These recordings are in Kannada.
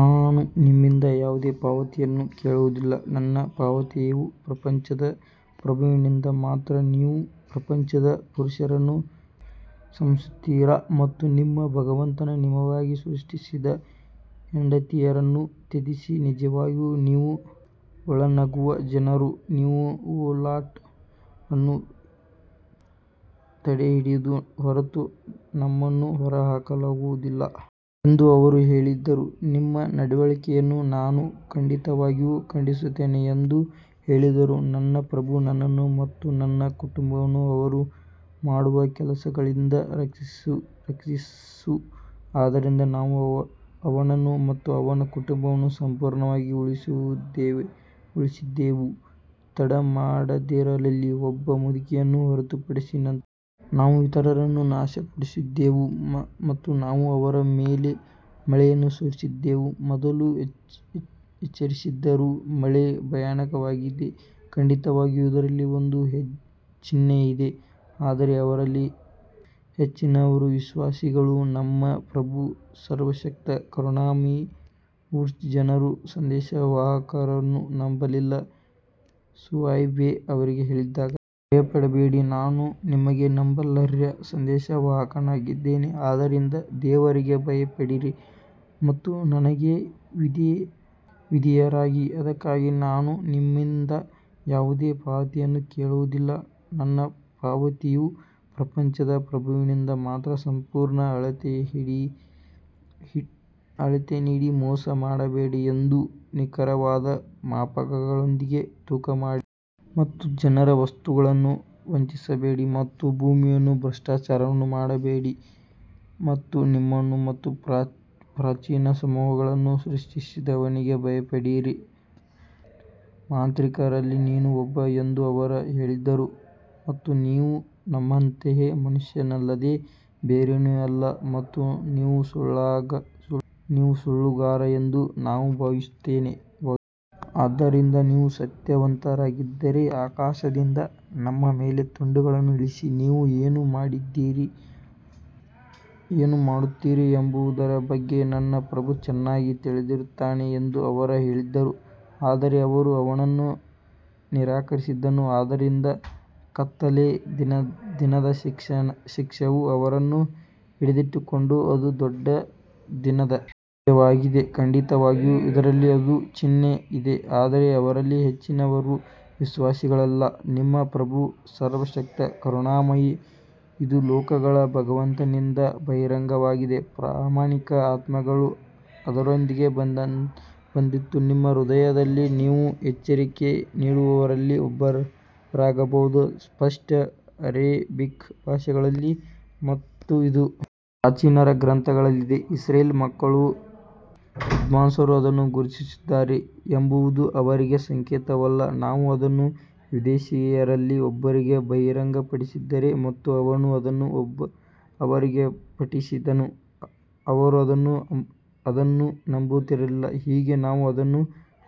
ನಾನು ನಿಮ್ಮಿಂದ ಯಾವುದೇ ಪಾವತಿಯನ್ನು ಕೇಳುವುದಿಲ್ಲ, ನನ್ನ ಪಾವತಿಯು ಪ್ರಪಂಚದ ಪ್ರಭುವಿನಿಂದ ಮಾತ್ರ ನೀವು ಪ್ರಪಂಚದ ಪುರುಷರನ್ನು ಸಮೀಪಿಸುತ್ತೀರಾ ಮತ್ತು ನಿಮ್ಮ ಭಗವಂತ ನಿಮಗಾಗಿ ಸೃಷ್ಟಿಸಿದ ಹೆಂಡತಿಯರನ್ನು ತ್ಯಜಿಸಿ, ನಿಜವಾಗಿಯೂ ನೀವು ಒಳನುಗ್ಗುವ ಜನರು ನೀವು ಓ ಲಾಟ್ ಅನ್ನು ತಡೆಹಿಡಿಯದ ಹೊರತು ನಿಮ್ಮನ್ನು ಹೊರಹಾಕಲಾಗುವುದು ಎಂದು ಅವರು ಹೇಳಿದರು ನಿಮ್ಮ ನಡವಳಿಕೆಯನ್ನು ನಾನು ಖಂಡಿತವಾಗಿಯೂ ಖಂಡಿಸುತ್ತೇನೆ ಎಂದು ಹೇಳಿದರು ನನ್ನ ಪ್ರಭು ನನ್ನನ್ನು ಮತ್ತು ನನ್ನ ಕುಟುಂಬವನ್ನು ಅವರು ಮಾಡುವ ಕೆಲಸಗಳಿಂದ ರಕ್ಷಿಸು ಆದ್ದರಿಂದ ನಾವು ಅವನನ್ನು ಮತ್ತು ಅವನ ಕುಟುಂಬವನ್ನು ಸಂಪೂರ್ಣವಾಗಿ ಉಳಿಸಿದೆವು ತಡಮಾಡಿದವರಲ್ಲಿ ಒಬ್ಬ ಮುದುಕಿಯನ್ನು ಹೊರತುಪಡಿಸಿ ನಂತರ ನಾವು ಇತರರನ್ನು ನಾಶಪಡಿಸಿದೆವು ಮತ್ತು ನಾವು ಅವರ ಮೇಲೆ ಮಳೆಯನ್ನು ಸುರಿಸಿದ್ದೇವೆ, ಮೊದಲೇ ಎಚ್ಚರಿಸಿದವರ ಮಳೆ ಭಯಾನಕವಾಗಿದೆ ಖಂಡಿತವಾಗಿಯೂ ಇದರಲ್ಲಿ ಒಂದು ಚಿಹ್ನೆ ಇದೆ ಆದರೆ ಅವರಲ್ಲಿ ಹೆಚ್ಚಿನವರು ವಿಶ್ವಾಸಿಗಳಲ್ಲ ನಿಮ್ಮ ಪ್ರಭು ಸರ್ವಶಕ್ತ ಕರುಣಾಮಯಿ ವುಡ್ಸ್ ಜನರು ಸಂದೇಶವಾಹಕರನ್ನು ನಂಬಲಿಲ್ಲ ಶುಐಬ್ ಅವರಿಗೆ ಹೇಳಿದಾಗ ನೀವು ಭಯಪಡಬೇಡಿ ನಾನು ನಿಮಗೆ ನಂಬಲರ್ಹ ಸಂದೇಶವಾಹಕನಾಗಿದ್ದೇನೆ ಆದುದರಿಂದ ದೇವರಿಗೆ ಭಯಪಡಿರಿ ಮತ್ತು ನನಗೆ ವಿಧೇಯರಾಗಿರಿ ಅದಕ್ಕಾಗಿ ನಾನು ನಿಮ್ಮಿಂದ ಯಾವುದೇ ಪಾವತಿಯನ್ನು ಕೇಳುವುದಿಲ್ಲ, ನನ್ನ ಪಾವತಿಯು ಪ್ರಪಂಚದ ಪ್ರಭುವಿನಿಂದ ಮಾತ್ರ ಸಂಪೂರ್ಣ ಅಳತೆ ನೀಡಿ ಮೋಸ ಮಾಡಬೇಡಿ ಮತ್ತು ನಿಖರವಾದ ಮಾಪಕಗಳೊಂದಿಗೆ ತೂಕ ಮಾಡಿ ಮತ್ತು ಜನರ ವಸ್ತುಗಳನ್ನು ವಂಚಿಸಬೇಡಿ ಮತ್ತು ಭೂಮಿಯಲ್ಲಿ ಭ್ರಷ್ಟಾಚಾರವನ್ನು ಮಾಡಬೇಡಿ ಮತ್ತು ನಿಮ್ಮನ್ನು ಮತ್ತು ಪ್ರಾಚೀನ ಸಮೂಹಗಳನ್ನು ಸೃಷ್ಟಿಸಿದವನಿಗೆ ಭಯಪಡಿರಿ ಮಾಂತ್ರಿಕರಲ್ಲಿ ನೀನೂ ಒಬ್ಬ ಎಂದು ಅವರು ಹೇಳಿದರು ಮತ್ತು ನೀವು ನಮ್ಮಂತಹ ಮನುಷ್ಯನಲ್ಲದೆ ಬೇರೇನೂ ಅಲ್ಲ ಮತ್ತು ನೀವು ಸುಳ್ಳುಗಾರ ಎಂದು ನಾವು ಭಾವಿಸುತ್ತೇವೆ ಆದ್ದರಿಂದ ನೀವು ಸತ್ಯವಂತರಾಗಿದ್ದರೆ ಆಕಾಶದಿಂದ ನಮ್ಮ ಮೇಲೆ ತುಂಡುಗಳನ್ನು ಇಳಿಸಿ ನೀವು ಏನು ಮಾಡುತ್ತೀರಿ ಎಂಬುದರ ಬಗ್ಗೆ ನನ್ನ ಪ್ರಭು ಚೆನ್ನಾಗಿ ತಿಳಿದಿರುತ್ತಾನೆ ಎಂದು ಅವರು ಹೇಳಿದರು ಆದರೆ ಅವರು ಅವನನ್ನು ನಿರಾಕರಿಸಿದರು ಆದ್ದರಿಂದ ಕತ್ತಲೆಯ ದಿನದ ಶಿಕ್ಷೆಯು ಅವರನ್ನು ಹಿಡಿದಿಟ್ಟುಕೊಂಡಿತು, ಅದು ದೊಡ್ಡ ದಿನದ ಶಿಕ್ಷೆಯಾಗಿದೆ ಖಂಡಿತವಾಗಿಯೂ ಇದರಲ್ಲಿ ಒಂದು ಚಿಹ್ನೆ ಇದೆ ಆದರೆ ಅವರಲ್ಲಿ ಹೆಚ್ಚಿನವರು ವಿಶ್ವಾಸಿಗಳಲ್ಲ ನಿಮ್ಮ ಪ್ರಭು ಸರ್ವಶಕ್ತ ಕರುಣಾಮಯಿ ಇದು ಲೋಕಗಳ ಭಗವಂತನಿಂದ ಬಹಿರಂಗವಾಗಿದೆ ಪ್ರಾಮಾಣಿಕ ಆತ್ಮವು ಅದರೊಂದಿಗೆ ಬಂದಿತು ನಿಮ್ಮ ಹೃದಯದಲ್ಲಿ ನೀವು ಎಚ್ಚರಿಕೆ ನೀಡುವವರಲ್ಲಿ ಒಬ್ಬರಾಗಬಹುದು ಸ್ಪಷ್ಟ ಅರೇಬಿಕ್ ಭಾಷೆಯಲ್ಲಿ ಮತ್ತು ಇದು ಪ್ರಾಚೀನರ ಗ್ರಂಥಗಳಲ್ಲಿದೆ ಇಸ್ರೇಲ್ ಮಕ್ಕಳ ವಿದ್ವಾಂಸರು ಅದನ್ನು ಗುರುತಿಸಿದ್ದಾರೆ ಎಂಬುದು ಅವರಿಗೆ ಸಂಕೇತವಲ್ಲ ನಾವು ಅದನ್ನು ವಿದೇಶಿಯರಲ್ಲಿ ಒಬ್ಬರಿಗೆ ಬಹಿರಂಗಪಡಿಸಿದ್ದರೆ ಮತ್ತು ಅವನು ಅದನ್ನು ಅವರಿಗೆ ಪಠಿಸಿದನು, ಅವರು ಇನ್ನೂ ಅದನ್ನು ನಂಬುತ್ತಿರಲಿಲ್ಲ ಹೀಗೆ ನಾವು ಅದನ್ನು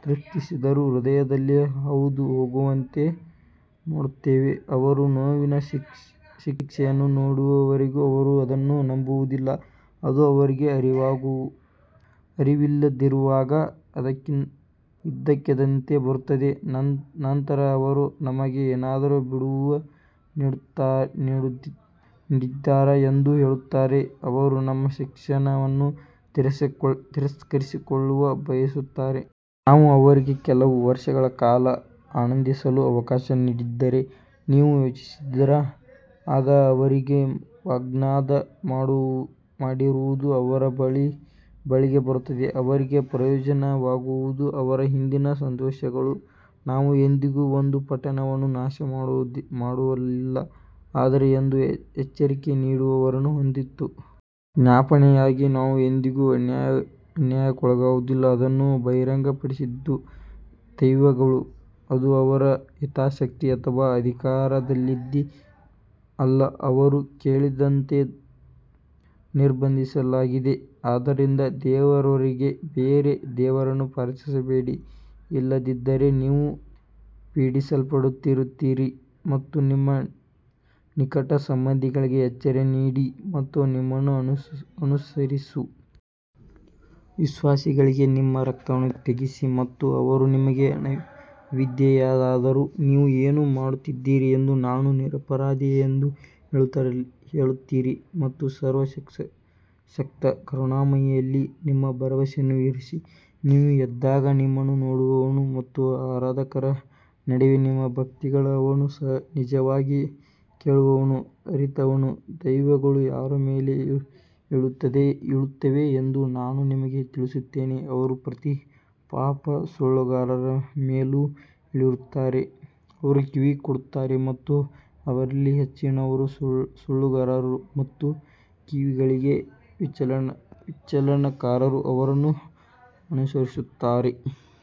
ತಪ್ಪಿತಸ್ಥರ ಹೃದಯದಲ್ಲಿ ಹಾದು ಹೋಗುವಂತೆ ಮಾಡುತ್ತೇವೆ ಅವರು ನೋವಿನ ಶಿಕ್ಷೆಯನ್ನು ನೋಡುವವರೆಗೂ ಅವರು ಅದನ್ನು ನಂಬುವುದಿಲ್ಲ ಇದು ಅವರಿಗೆ ಅರಿವಿಲ್ಲದಿರುವಾಗ ಇದ್ದಕ್ಕಿದ್ದಂತೆ ಬರುತ್ತದೆ ನಂತರ ಅವರು ನಮಗೆ ಏನಾದರೂ ಬಿಡುವು ನೀಡಿದ್ದೀರಾ ಎಂದು ಹೇಳುತ್ತಾರೆ ಅವರು ನಮ್ಮ ಶಿಕ್ಷೆಯನ್ನು ತ್ವರಿತಗೊಳಿಸಲು ಬಯಸುತ್ತಾರೆಯೇ? ನಾವು ಅವರಿಗೆ ಕೆಲವು ವರ್ಷಗಳ ಕಾಲ ಆನಂದಿಸಲು ಅವಕಾಶ ನೀಡಿದರೆ ನೀವು ಯೋಚಿಸಿದ್ದೀರಾ? ಆಗ ಅವರಿಗೆ ವಾಗ್ದಾನ ಮಾಡಿರುವುದು ಅವರ ಬಳಿಗೆ ಬರುತ್ತದೆ ಅವರಿಗೆ ಪ್ರಯೋಜನವಾಗುವುದು ಅವರ ಹಿಂದಿನ ಸಂತೋಷಗಳು ನಾವು ಎಂದಿಗೂ ಒಂದು ಪಟ್ಟಣವನ್ನು ನಾಶ ಮಾಡಲಿಲ್ಲ ಆದರೆ ಅದು ಎಚ್ಚರಿಕೆ ನೀಡುವವರನ್ನು ಹೊಂದಿತ್ತು ಜ್ಞಾಪನೆಯಾಗಿ ನಾವು ಎಂದಿಗೂ ಅನ್ಯಾಯಕ್ಕೊಳಗಾಗುವುದಿಲ್ಲ ಅದನ್ನು ಬಹಿರಂಗಪಡಿಸಿದ್ದು ದೆವ್ವಗಳಲ್ಲ ಇದು ಅವರ ಹಿತಾಸಕ್ತಿ ಅಥವಾ ಅಧಿಕಾರದಲ್ಲಿ ಅಲ್ಲ ಅವರು ಕೇಳದಂತೆ ನಿರ್ಬಂಧಿಸಲಾಗಿದೆ ಆದ್ದರಿಂದ ದೇವರೊಂದಿಗೆ ಬೇರೆ ದೇವರನ್ನು ಪ್ರಾರ್ಥಿಸಬೇಡಿ, ಇಲ್ಲದಿದ್ದರೆ ನೀವು ಪೀಡಿಸಲ್ಪಟ್ಟವರಲ್ಲಿರುತ್ತೀರಿ ಮತ್ತು ನಿಮ್ಮ ನಿಕಟ ಸಂಬಂಧಿಗಳಿಗೆ ಎಚ್ಚರಿಕೆ ನೀಡಿ ಮತ್ತು ನಿಮ್ಮನ್ನು ಅನುಸರಿಸುವ ವಿಶ್ವಾಸಿಗಳಿಗೆ ನಿಮ್ಮ ರೆಕ್ಕೆಯನ್ನು ತಗ್ಗಿಸಿ ಮತ್ತು ಅವರು ನಿಮಗೆ ಅವಿಧೇಯರಾದರೆ, ನೀವು ಏನು ಮಾಡುತ್ತಿದ್ದೀರಿ ಎಂದು ನಾನು ನಿರಪರಾಧಿ ಎಂದು ಹೇಳುತ್ತೀರಿ ಮತ್ತು ಸರ್ವಶಕ್ತ ಕರುಣಾಮಯಿಯಲ್ಲಿ ನಿಮ್ಮ ಭರವಸೆಯನ್ನು ಇರಿಸಿ ನೀವು ಎದ್ದಾಗ ನಿಮ್ಮನ್ನು ನೋಡುವವನು ಮತ್ತು ಆರಾಧಕರ ನಡುವೆ ನಿಮ್ಮ ಭಕ್ತಿಗಳು ಅವನು ನಿಜವಾಗಿ ಕೇಳುವವನು ಅರಿತವನು ದೆವ್ವಗಳು ಯಾರ ಮೇಲೆ ಇಳಿಯುತ್ತವೆ ಎಂದು ನಾನು ನಿಮಗೆ ತಿಳಿಸುತ್ತೇನೆ ಅವರು ಪ್ರತಿ ಪಾಪ ಸುಳ್ಳುಗಾರನ ಮೇಲೆ ಇಳಿಯುತ್ತಾರೆ ಅವರು ಕಿವಿ ಕೊಡುತ್ತಾರೆ ಮತ್ತು ಅವರಲ್ಲಿ ಹೆಚ್ಚಿನವರು ಸುಳ್ಳುಗಾರರು ಮತ್ತು ಕವಿಗಳಿಗೆ ವಿಚಲನಕಾರರು ಅವರನ್ನು ಅನುಸರಿಸುತ್ತಾರೆ.